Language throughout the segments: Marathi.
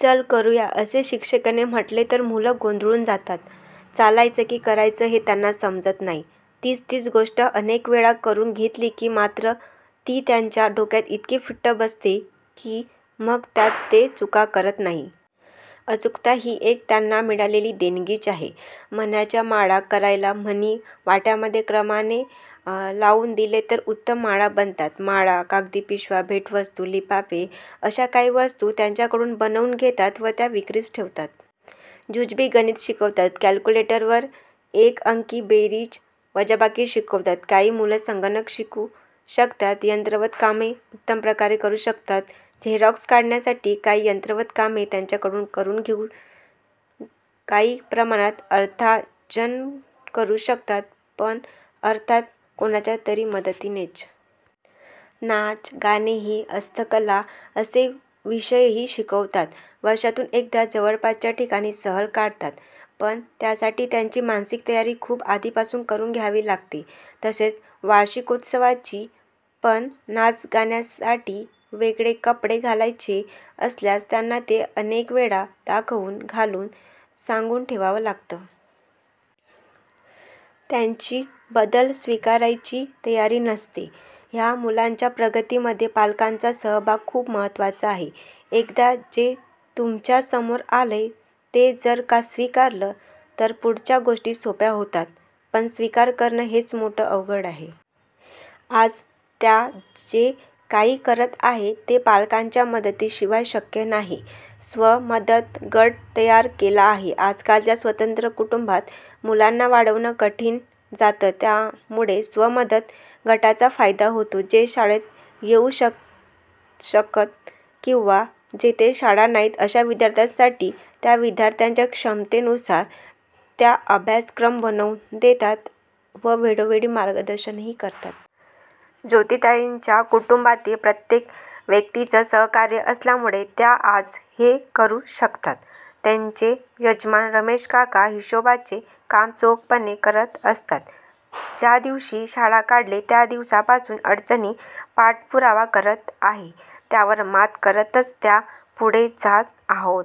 चल करूया असे शिक्षिकेने म्हटले तर मुलं गोंधळून जातात, चालायचं की करायचं हे त्यांना समजत नाही. तीच तीच गोष्ट अनेकवेळा करून घेतली की मात्र ती त्यांच्या डोक्यात इतकी फिट्ट बसते की मग त्यात ते चुका करत नाही. अचूकता ही एक त्यांना मिळालेली देणगीच आहे. मण्यांच्या माळा करायला मणी वाट्यांमध्ये क्रमाने लावून दिले तर उत्तम माळा बनवतात. माळा, कागदी पिशव्या, भेटकार्ड, लिफाफे अश्या काही वस्तू त्यांच्याकडून बनवून घेतात व त्या विक्रीस ठेवतात. जुजबी गणित शिकवतात. कॅलक्युलेटरवर एक अंकी बेरीज वजाबाकी शिकवतात. काही मुलं संगणक शिकू शकतात. यंत्रवत कामे उत्तम प्रकारे करू शकतात. झेरॉक्स काढण्यासारखी काही यंत्रवत कामे त्यांच्याकडून करून घेऊन काही प्रमाणात अर्थाजन करू शकतात पण अर्थात कोणाच्या तरी मदतीनेच. नाच, गाणेही, हस्तकला असे विषयही शिकवतात. वर्षातून एकदा जवळपासच्या ठिकाणी सहल काढतात पण त्यासाठी त्यांची मानसिक तयारी खूप आधीपासून करून घ्यावी लागते. तसेच वार्षिकोत्सवाची पण. नाचगाण्यासाठी वेगळे कपडे घालायचे असल्यास त्यांना ते अनेकवेळा दाखवून, घालून, सांगून ठेवावं लागतं. त्यांची बदल स्वीकारायची तयारी नसते. ह्या मुलांच्या प्रगतीमध्ये पालकांचा सहभाग खूप महत्त्वाचा आहे. एकदा जे तुमच्या समोर आलंय ते जर का स्वीकारलं तर पुढच्या गोष्टी सोप्या होतात पण स्वीकार करणं हेच मोठं अवघड आहे. आज त्या जे काही करत आहेत ते पालकांच्या मदतीशिवाय शक्य नाही. स्वमदत गट तयार केला आहे. आजकालच्या स्वतंत्र कुटुंबात मुलांना वाढवणं कठीण जातं त्यामुळे स्वमदत गटाचा फायदा होतो. जे शाळेत येऊ शकत किंवा जिथे शाळा नाहीत अश्या विद्यार्थ्यांसाठी त्या विद्यार्थ्याच्या क्षमतेनुसार त्या अभ्यासक्रम बनवून देतात व वेळोवेळी मार्गदर्शनही करतात. ज्योतीताईंच्या कुटुंबातील प्रत्येक व्यक्तीचं सहकार्य असल्यामुळे त्या आज हे करू शकतात. त्यांचे यजमान रमेशकाका हिशोबाचं कामं चोखपणे करत असतात. ज्या दिवशी शाळा काढली त्या दिवसापासून अडचणी पाठपुरावा करत आहे. त्यावर मात करतच त्या पुढे जात आहोत.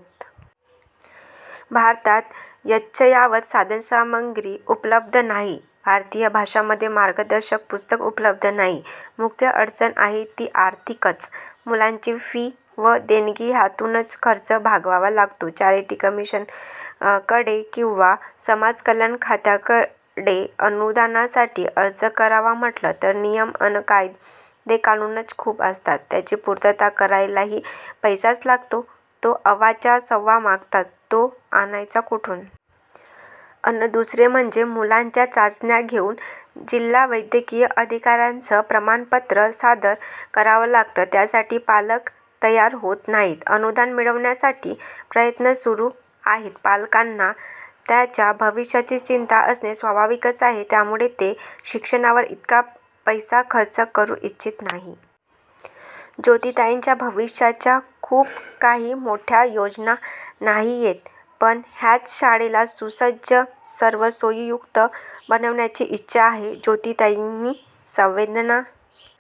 भारतात यच्चयावत साधनसामग्री उपलब्ध नाही. भारतीय भाषांमध्ये मार्गदर्शक पुस्तकं उपलब्ध नाही. मुख्य अडचण आहे ती आर्थिकच. मुलांची फी व देणगी ह्यातूनच खर्च भागवावा लागतो. चॅरिटी कमिशनरकडे किंवा समाज कल्याण खात्याकडे अनुदानासाठी अर्ज करावा म्हटलं तर नियम अन कायदेकानूनच खूप असतात त्याची पूर्तता करायलाही पैसाच लागतो, तो अव्वाच्या सव्वा मागतात तो आणायचा कुठून. अन दुसरे म्हणजे मुलांच्या चाचण्या घेऊन जिल्हा वैद्यकीय अधिकाऱ्याचं प्रमाणपत्र सादर करावं लागतं त्यासाठी पालक तयार होत नाहीत. अनुदान मिळवण्यासाठी प्रयत्न सुरू आहेत. पालकांना त्यांच्या भविष्याची चिंता असणे स्वाभाविकच आहे त्यामुळे ते शिक्षणावर इतका पैसा खर्च करू इच्छित नाही. ज्योतीताईंच्या भविष्याच्या खूप काही मोठ्या योजना नाहीयेत पण ह्याच शाळेला सुसज्ज, सर्व सोयींयुक्त बनवण्याची इच्छा आहे. ज्योतीताईंनी संवेदना